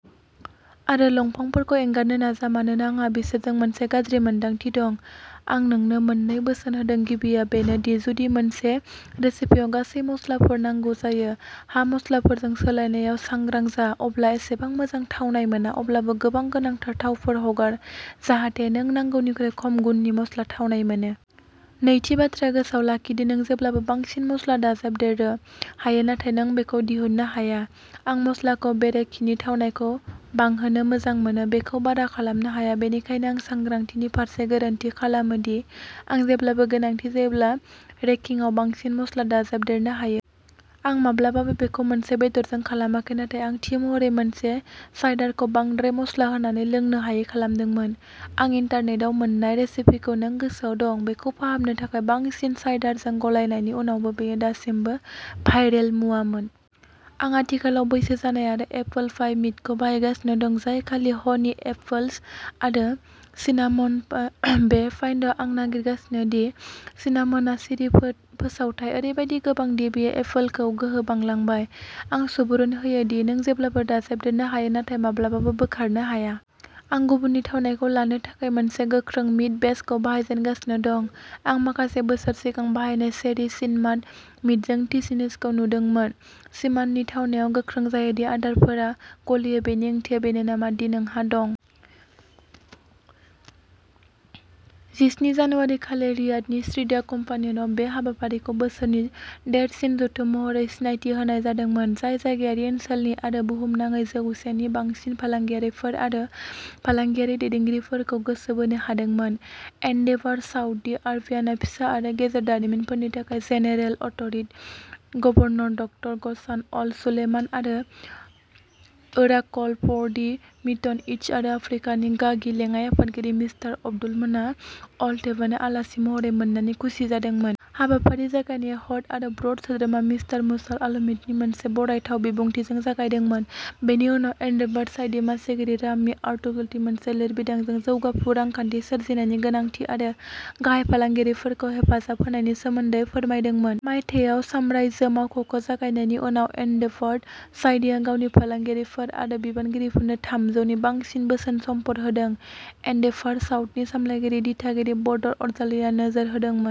आरो लंफोरखौ एंगारनो नाजा मानोना आंहा बिसोरजों मोनसे गाज्रि मोन्दांथि दं। आं नोंनो मोननै बोसोन होदों। गिबिया बेनो दि जुदि मोनसे रेसिपियाव गासै मस्लाफोर नांगौ जायो, हा मसलाफोरजों सोलायनायाव सांग्रां जा। अब्ला एसेबां मोजां थावनाय मोना अब्लाबो गोबां गोनांथार थावफोर हगार जाहाथे नों नांगौनिख्रुइ खम गुननि मस्ला थावनाय मोनो। नैथि बाथ्राया गोसोआव लाखि दि नों जेब्लाबो बांसिन मस्ला दाजाबदेरनो हायो नाथाय नों बेखौ दिहुननो हाया। आं मस्लाखौ बेरेखिनि थावनायखौ बांहोनो मोजां मोनो बेखौ बारा खालामनो हाया बेनिखायनो आं सांग्रांथिनि फारसे गोरोन्थि खालामो दि आं जेब्लाबो गोनांथि जायोब्ला रेकिंआव बांसिन मस्ला दाजाबदेरनो हायो। आं माब्लाबाबो बेखौ मोनसे बेदरजों खालामाखै नाथाय आं थि महरै मोनसे साइडारखौ बांद्राय मस्ला होनानै लोंनो हायै खालामदोंमोन। आं इन्टारनेटाव मोननाय रेसिपिखौ नों गोसोआव दं बेखौ फाहामनो थाखाय बांसिन साइडारजों गलायनायनि उनावबो बेयो दासिमबो भायरेल मुवामोन। आं आथिखालाव बैसो जानाय आरो एपोल पाइ मिडखौ बाहायगासिनो दं जाय खालि ह नी एपोल्स आरो सिनामनल। बे पइन्टआव आं नागिरगासिनो दि सिनामनआ सिरि फोसावथाव। ओरैबायदि गोबां दि बेयो एपोलखौ गोहो बारलांबाय। आं सुबुरुन होयो दि नों जेब्लाबो दाजाबदेरनो हायो नाथाय माब्लाबाबो बोखारनो हाया। आं गुबुननि थावनायखौ लानो थाखाय मोनसे गोख्रों मिड बेचखौ जागायजेनगासिनो दं। आं माखासे बोसोर सिगां बानायनाय चेरि सिनामन मिडजों थिटिसखौ नुदोंमोन। सिनामननि थावनाया गोख्रों जायो आरो आद्राफोरा गलियो। बेनि ओंथिया बेनो नामा दि नोंहा दं। जिस्नि जानुवारी खालि रियादनि सिद्रा कम्पाउन्डआव बे हाबाफारिखौ बोसोरनि देरसिन जथुम महरै सिनायथि होनाय जादोंमोन जाय जायगायारि ओनसोलारि आरो बुहुमनाङै जौवसेनि बांसिन फालांगियारिफोर आरो फालांगियारि दैदेनगिरिफोरखौ गोसो बोनो हादोंमोन। एन्डेभार साउदी आरबियाआ फिसा आरो गेजेर दारिमिनफोरनि थाखाय जेनेरेल अथ'रिटि नि गभर्नर डक्टर घसान अल-सुलेमान आरो Oracle for the Middle East आरो आफ्रिकानि गागि लेङाइ-आफादगिरि मिस्टार अब्दुलरहमान अल-थेहाइबानखौ आलासि महरै मोननानै खुसि जादोंमोन। हाबाफारिनि जागायनाया ह'स्ट आरो बर्ड सोद्रोमा मिस्टार मुसाब अलमुहाइदिबनि मोनसे बरायथाव बिबुंथिजों जागायदोंमोन बेनि उनाव एन्डेभार साउदीनि मासिगिरि रामि अलतुर्कीनि मोनसे लिरबिदांजों जौगाफु रांखान्थि सोरजिनायनि गोनांथि आरो गाहाय फालांगियारिफोरखौ हेफाजाब होनायनि सोमोन्दै फोरमायदोंमोन। मायथाइयाव सामराइजो मावख'खौ जागायनायनि उनाव एन्डेभार साउदीआ गावनि फालांगियारिफोर आरो बिनायगिरिफोरनो थामजौनि बांसिन बोसोन समफोर होदों एन्डेभार साउदीनि सामलायगिरि दिथागिरि बदर अलजाहरानीआ नोजोर होदोंमोन।